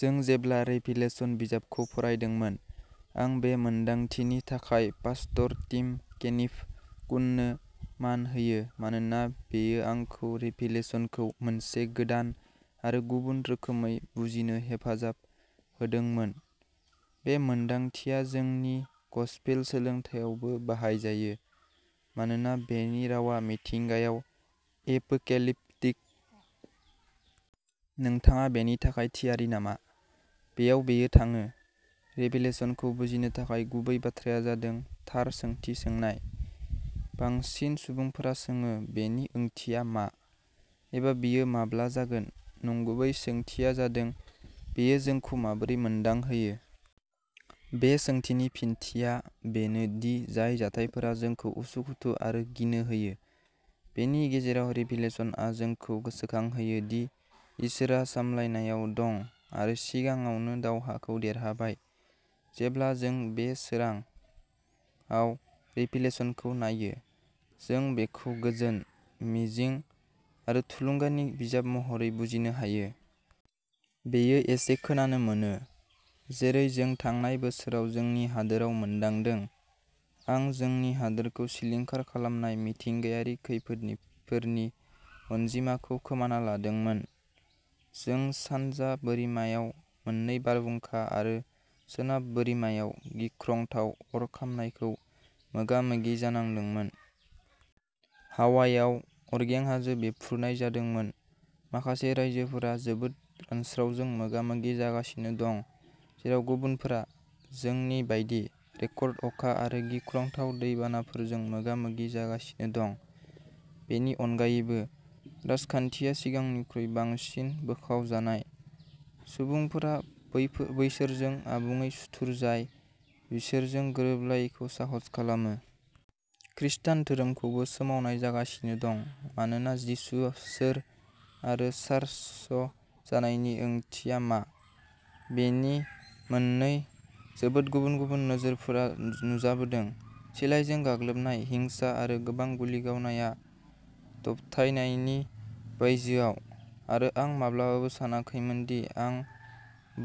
जों जेब्ला रेभिलेशन बिजाबखौ फरायदोंमोन। आं बे मोनदांथिनि थाखाय पास्टर टिम केनिफ-कुननो मान होयो मानोना बेयो आंखौ रेभिलेशनखौ मोनसे गोदान आरो गुबुन रोखोमै बुजिनो हेफाजाब होदोंमोन। बे मोनदांथिया जोंनि गसपेल सोलोंथायावबो बाहायजायो, मानोना बेनि रावा मिथिंगायाव एपोकेलिप्टिक। नोंथाङा बेनि थाखाय थियारि नामा? बेयाव बेयो थाङोः रेभिलेशनखौ बुजिनो थाखाय गुबै बाथ्राया जादों थार सोंथि सोंनाय। बांसिन सुबुंफोरा सोङो "बेनि ओंथिया मा?" एबा "बेयो माब्ला जागोन?" नंगुबै सोंथिया जादों "बेयो जोंखौ माबोरै मोनदांहोयो?" बे सोंथिनि फिनथिया बेनो दि जाय जाथायफोरा जोंखौ उसुखुथु आरो गिनो होयो, बेनि गेजेराव रेभिलेशनआ जोंखौ गोसोखांहोयो दि इसोरआ सामलायनायाव दं आरो सिगाङावनो दावहाखौ देरहाबाय। जेब्ला जों बे सोरांाव रेभिलेशनखौ नायो, जों बेखौ गोजोन, मिजिं आरो थुलुंगानि बिजाब महरै बुजिनो हायो। बेयो एसे खोनानो मोनो। जेरै जों थांनाय बोसोराव जोंनि हादोराव मोन्दांदों। आं जोंनि हादोरखौ सिलिंखार खालामनाय मिथिंगायारि खैफोदफोरनि अनजिमाखौ खोमाना लादोंमोन। जों सानजा बोरिमायाव मोननै बारहुंखा आरो सोनाब बोरिमायाव गिख्रंथाव अर खामनायखौ मोगा-मोगि जानांदोंमोन। हावाइआव अरगें हाजो बेरफ्रुनाय जादोंमोन। माखासे रायजोफोरा जोबोद रानस्रावजों मोगा-मोगि जागासिनो दं, जेराव गुबुनफोरा, जोंनि बायदि, रेकर्ड अखा आरो गिख्रंथाव दैबानाफोरजों मोगा-मोगि जागासिनो दं। बेनि अनगायैबो, राजखान्थिया सिगांनिख्रुइ बांसिन बोखावजानाय। सुबुंफोरा बैसोरजों आबुङै सुथुर जाय बिसोरजों गोरोबलायैखौ साहस खालामो। खृष्टान धोरोमखौबो सोमावनाय जागासिनो दं मानोना जिसु सोर आरो चार्च जानायनि ओंथिया मा बेनि मोननै जोबोद गुबुन-गुबुन नोजोरफोरा नुजाबोदों। सिलाइजों गाग्लोबनाय हिंसा आरो गोबां गुलि गावनाया दबथायनायनि बायजोआव। आरो आं माब्लाबाबो सानाखैमोनदि आं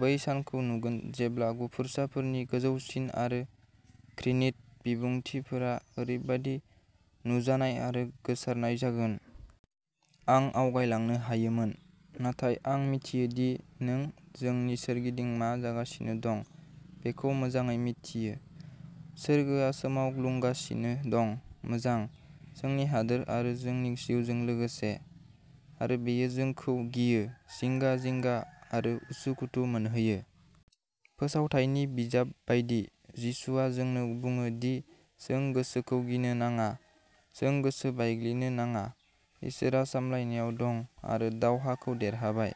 बै सानखौ नुगोन जेब्ला गुफुरसाफोरनि गोजौसिन आरो घृणित बिबुंथिफोरा ओरैबादि नुजानाय आरो गोसारनाय जागोन। आं आवगायलांनो हायोमोन, नाथाय आं मिथियो दि नों जोंनि सोरगिदिं मा जागासिनो दं बेखौ मोजाङै मिथियो। सोरगोआ सोमावग्लुंगासिनो दं, मोजां, जोंनि हादोर आरो जोंनि जिउजों लोगोसे। आरो बेयो जोंखौ गियो, जिंगा-जिंगा आरो उसुखुथु मोनहोयो। फोसावथायनि बिजाब बायदि, जिसुआ जोंनो बुङो दि जों गोसोखौ गिनो नाङा। जों गोसो बायग्लिनो नाङा। इसोरआ सामलायनायाव दं आरो दावहाखौ देरहाबाय।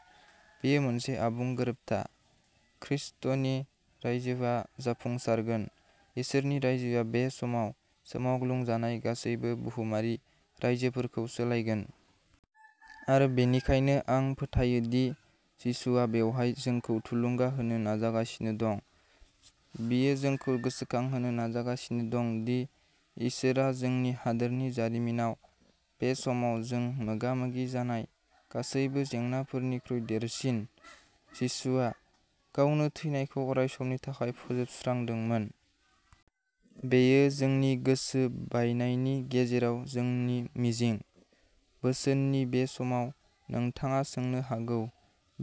बेयो मोनसे आबुं गोरोबथा। खृष्टनि रायजोआ जाफुंसारगोन। इसोरनि रायजोआ बे समाव सोमावग्लुंजानाय गासैबो बुहुमारि रायजोफोरखौ सोलायगोन। आरो बेनिखायनो आं फोथायो दि जिसुआ बेवहाय जोंखौ थुलुंगा होनो नाजागासिनो दं। बियो जोंखौ गोसोखांहोनो नाजागासिनो दं दि इसोरआ जोंनि हादोरनि जारिमिनाव बे समाव जों मोगा-मोगि जानाय गासैबो जेंनाफोरनिख्रुइ देरसिन। जिसुआ, गावनो थैनायखौ अरायसमनि थाखाय फोजोबस्रांदोंमोन। बेयो जोंनि गोसो बायनायनि गेजेराव जोंनि मिजिं। बोसोननि बे समाव, नोंथाङा सोंनो हागौ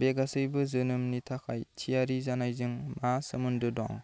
"बे गासैबो जोनोमनि थाखाय थियारि जानायजों मा सोमोन्दो दं?